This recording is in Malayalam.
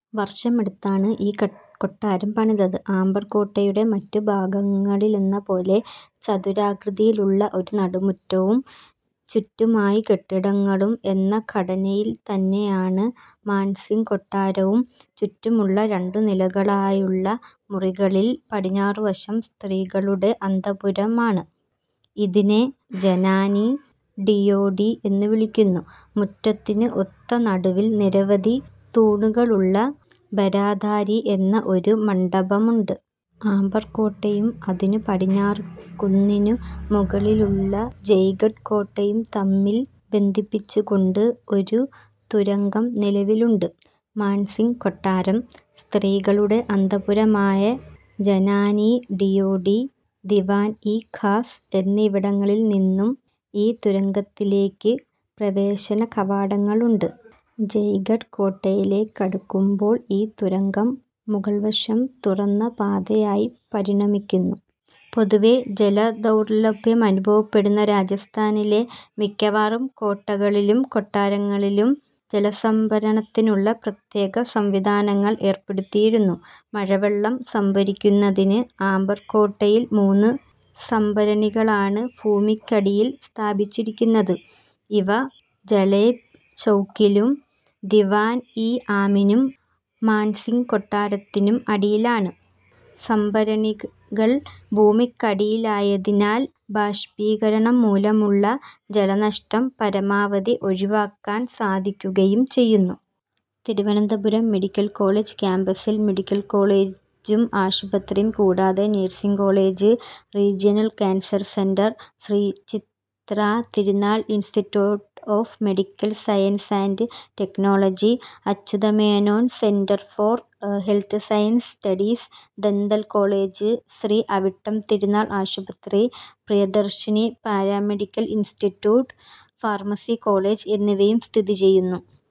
വർഷമെടുത്താണ് ഈ കൊട്ടാരം പണിതത്. ആംബർ കോട്ടയുടെ മറ്റു ഭാഗങ്ങളിലെന്ന പോലെ ചതുരാകൃതിയിലുള്ള ഒരു നടുമുറ്റവും ചുറ്റുമായി കെട്ടിടങ്ങളും എന്ന ഘടനയിൽത്തന്നെയാണ് മാൻ സിങ് കൊട്ടാരവും ചുറ്റുമുള്ള രണ്ടു നിലകളായുള്ള മുറികളിൽ പടിഞ്ഞാറുവശം സ്ത്രീകളുടെ അന്തഃപുരമാണ്. ഇതിനെ ജനാനി ഡിയോഢി എന്നുവിളിക്കുന്നു. മുറ്റത്തിന് ഒത്ത നടുവിൽ നിരവധി തൂണുകളുള്ള ബാരാധാരി എന്ന ഒരു മണ്ഡപമുണ്ട്. ആംബർ കോട്ടയും അതിനു പടിഞ്ഞാറ് കുന്നിനു മുകളിലുള്ള ജയ്ഗഢ് കോട്ടയും തമ്മിൽ ബന്ധിപ്പിച്ചുകൊണ്ട് ഒരു തുരങ്കം നിലവിലുണ്ട്. മാൻ സിങ് കൊട്ടാരം, സ്ത്രീകളുടെ അന്തഃപുരമായ ജനാനി ഡിയോഢി, ദിവാൻ-ഇ ഖാസ് എന്നിവിടങ്ങളിൽ നിന്നും ഈ തുരങ്കത്തിലേക്ക് പ്രവേശനകവാടങ്ങളുണ്ട്. ജയ്ഗഢ് കോട്ടയിലേക്കടുക്കുമ്പോൾ ഈ തുരങ്കം, മുകൾവശം തുറന്ന പാതയായി പരിണമിക്കുന്നു. പൊതുവേ ജലദൗർലഭ്യമനുഭവപ്പെടുന്ന രാജസ്ഥാനിലെ മിക്കവാറും കോട്ടകളിലും കൊട്ടാരങ്ങളിലും ജലസംഭരണത്തിനുള്ള പ്രത്യേക സംവിധാനങ്ങൾ ഏർപ്പെടുത്തിയിരുന്നു. മഴവെള്ളം സംഭരിക്കുന്നതിന് ആംബർ കോട്ടയിൽ മൂന്ന് സംഭരണികളാണ് ഭൂമിക്കടിയിൽ സ്ഥാപിച്ചിരിക്കുന്നത്. ഇവ ജലേബ് ചൗക്കിലും, ദിവാൻ ഇ ആമിനും, മാൻ സിങ് കൊട്ടാരത്തിനും അടിയിലാണ്. സംഭരണികൾ ഭൂമിക്കടിയിലായതിനാൽ ബാഷ്പീകരണം മൂലമുള്ള ജലനഷ്ടം പരമാവധി ഒഴിവാക്കാൻ സാധിക്കുകയും ചെയ്യുന്നു. തിരുവനന്തപുരം മെഡിക്കൽ കോളെജ് ക്യാമ്പസിൽ മെഡിക്കൽ കോളേജും ആശുപത്രിയും കൂടാതെ nursing college, regional cancer centre, Sree Chitra Thirunal institute of medical science and technology, Achyuta Menon centre for health sciences studies, dental college, Shri Avittam തിരുനാൾ ആശുപത്രി, Priyadarshini paramedical institute, pharmacy college എന്നിവയും സ്ഥിതി ചെയ്യുന്നു.